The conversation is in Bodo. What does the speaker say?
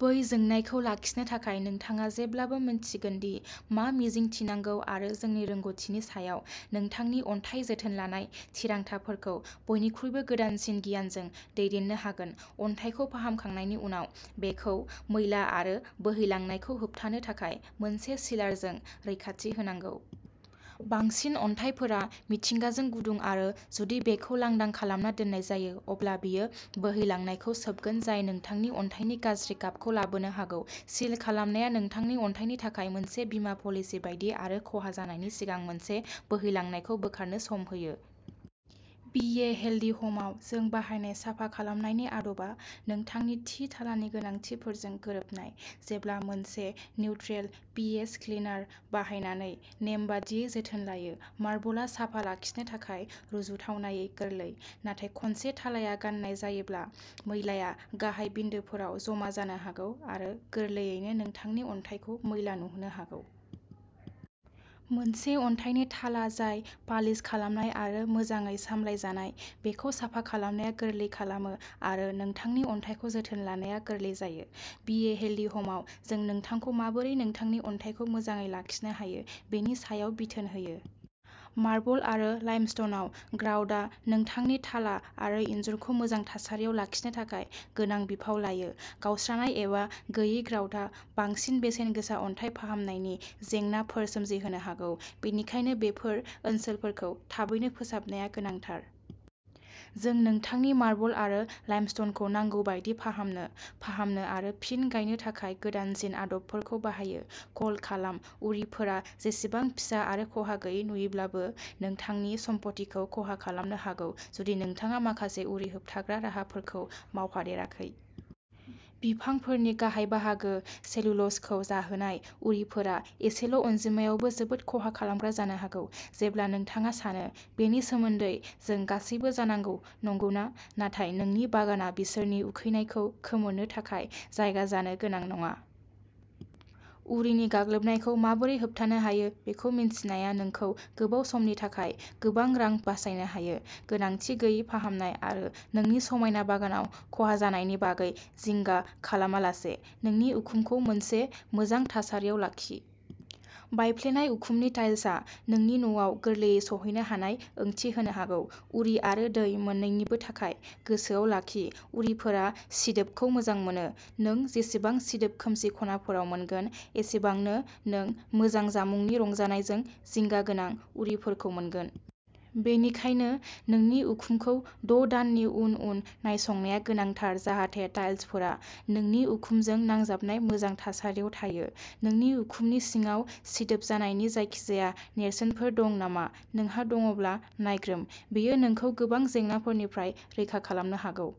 बै जोंनायखौ लाखिनो थाखाय नोंथाङा जेब्लाबो मिन्थिगोन दि मा मिजिंथिनांगौ आरो जोंनि रोंग'थिनि सायाव नोंथांनि अन्थाइ जोथोन लानाय थिरांथाफोरखौ बयनिख्रुइबो गोदानसिन गियानजों दैदेननो हागोन। अन्थाइखौ फाहामखांनायनि उनाव, बेखौ मैला आरो बोहैलांनायखौ होबथानो थाखाय मोनसे सिलारजों रैखाथि होनांगौ। बांसिन अन्थाइफोरा मिथिंगाजों गुदुं आरो, जुदि बेखौ लांदां खालामना दोननाय जायो, अब्ला बेयो बोहैलांनायखौ सोबगोन जाय नोंथांनि अन्थाइनि गाज्रि गाबखौ लाबोनो हागौ। सिल खालामनाया नोंथांनि अन्थाइनि थाखाय मोनसे बीमा पलिसि बायदि आरो खहा जानायनि सिगां मोनसे बोहैलांनायखौ बोखारनो सम होयो। बि ए हेल्दी ह'मआव, जों बाहायनाय साफा खालामनायनि आदबा नोंथांनि थि थालानि गोनांथिफोरजों गोरोबनाय। जेब्ला मोनसे निउट्रेल पि एइच क्लिनार बाहायनानै नेमबादियै जोथोन लायो, मार्बलआ साफा लाखिनो थाखाय रुजुथावनायै गोरलै। नाथाय खनसे थालाया गाननाय जायोब्ला, मैलाया गाहाय बिन्दोफोराव जमा जानो हागौ आरो गोरलैयैनो नोंथांनि अन्थाइखौ मैला नुहोनो हागौ। मोनसे अन्थाइनि थाला जाय पालिश खालामनाय आरो मोजाङै सामलायजानाय, बेखौ साफा खालामनाया गोरलै खालामो आरो नोंथांनि अन्थाइखौ जोथोन लानाया गोरलै जायो। बि ए हेल्दी ह'मआव, जों नोंथांखौ माबोरै नोंथांनि अन्थाइखौ मोजाङै लाखिनो हायो बेनि सायाव बिथोन होयो। मार्बल आरो लाइमस्टनआव, ग्राउटआ नोंथांनि थाला आरो इनजुरखौ मोजां थासारियाव लाखिनो थाखाय गोनां बिफाव लायो। गावस्रानाय एबा गैयै ग्राउटआ बांसिन बेसेन गोसा अन्थाइ फाहामनायनि जेंनाफोर सोमजिहोनो हागौ, बेनिखायनो बेफोर ओनसोलफोरखौ थाबैनो फोसाबनाया गोनांथार। जों नोंथांनि मार्बल आरो लाइमस्टनखौ नांगौ बायदि फाहामनो, फाहामनो आरो फिन गायनो थाखाय गोदानसिन आदबफोरखौ बाहायो। कल खालाम उरिफोरा, जेसेबां फिसा आरो खहा गैयै नुयोब्लाबो, नोंथांनि सम्फथिखौ खहा खालामनो हागौ जुदि नोंथाङा माखासे उरि होबथाग्रा राहाफोरखौ मावफादेराखै। बिफांफोरनि गाहाय बाहागो सेलुल'जखौ जाहोनाय, उरिफोरा एसेल' अनजिमायावबो जोबोद खहा खालामग्रा जानो हागौ। जेब्ला नोंथाङा सानो। बेनि सोमोन्दै, जों गासैबो जानांगौ, नंगौना? नाथाय, नोंनि बागाना बिसोरनि उखैनायखौ खोमोरनो थाखाय जायगा जानो गोनां नङा। उरिनि गाग्लोबनायखौ माबोरै होबथानो हायो बेखौ मिन्थिनाया नोंखौ गोबाव समनि थाखाय गोबां रां बासायनो हायो, गोनांथि गैयै फाहामनाय आरो नोंनि समायना बागानाव खहा जानायनि बागै जिंगा खालामालासे। नोंनि उखुमखौ मोनसे मोजां थासारियाव लाखि। बायफ्लेनाय उखुमनि टाइल्सआ नोंनि न'आव गोरलैयै सौहैनो हानाय ओंथि होनो हागौ, उरि आरो दै मोननैनिबो थाखाय। गोसोआव लाखि, उरिफोरा सिदोबखौ मोजां मोनो। नों जेसेबां सिदोब खोमसि खनाफोराव मोनगोन, एसेबांनो नों मोजां जामुंनि रंजानायजों जिंगा गोनां उरिफोरखौ मोनगोन। बेनिखायनो, नोंनि उखुमखौ द' दाननि उन उन नायसंनाया गोनांथार जाहाथे टाइल्सफोरा नोंनि उखुमजों नांजाबनाय मोजां थासारियाव थायो। नोंनि उखुमनि सिङाव सिदोब जानायनि जायखिजाया नेरसोनफोर दं नामा, नोंहा दङब्ला नायग्रोम। बेयो नोंखौ गोबां जेंनाफोरनिफ्राय रैखा खालामनो हागौ।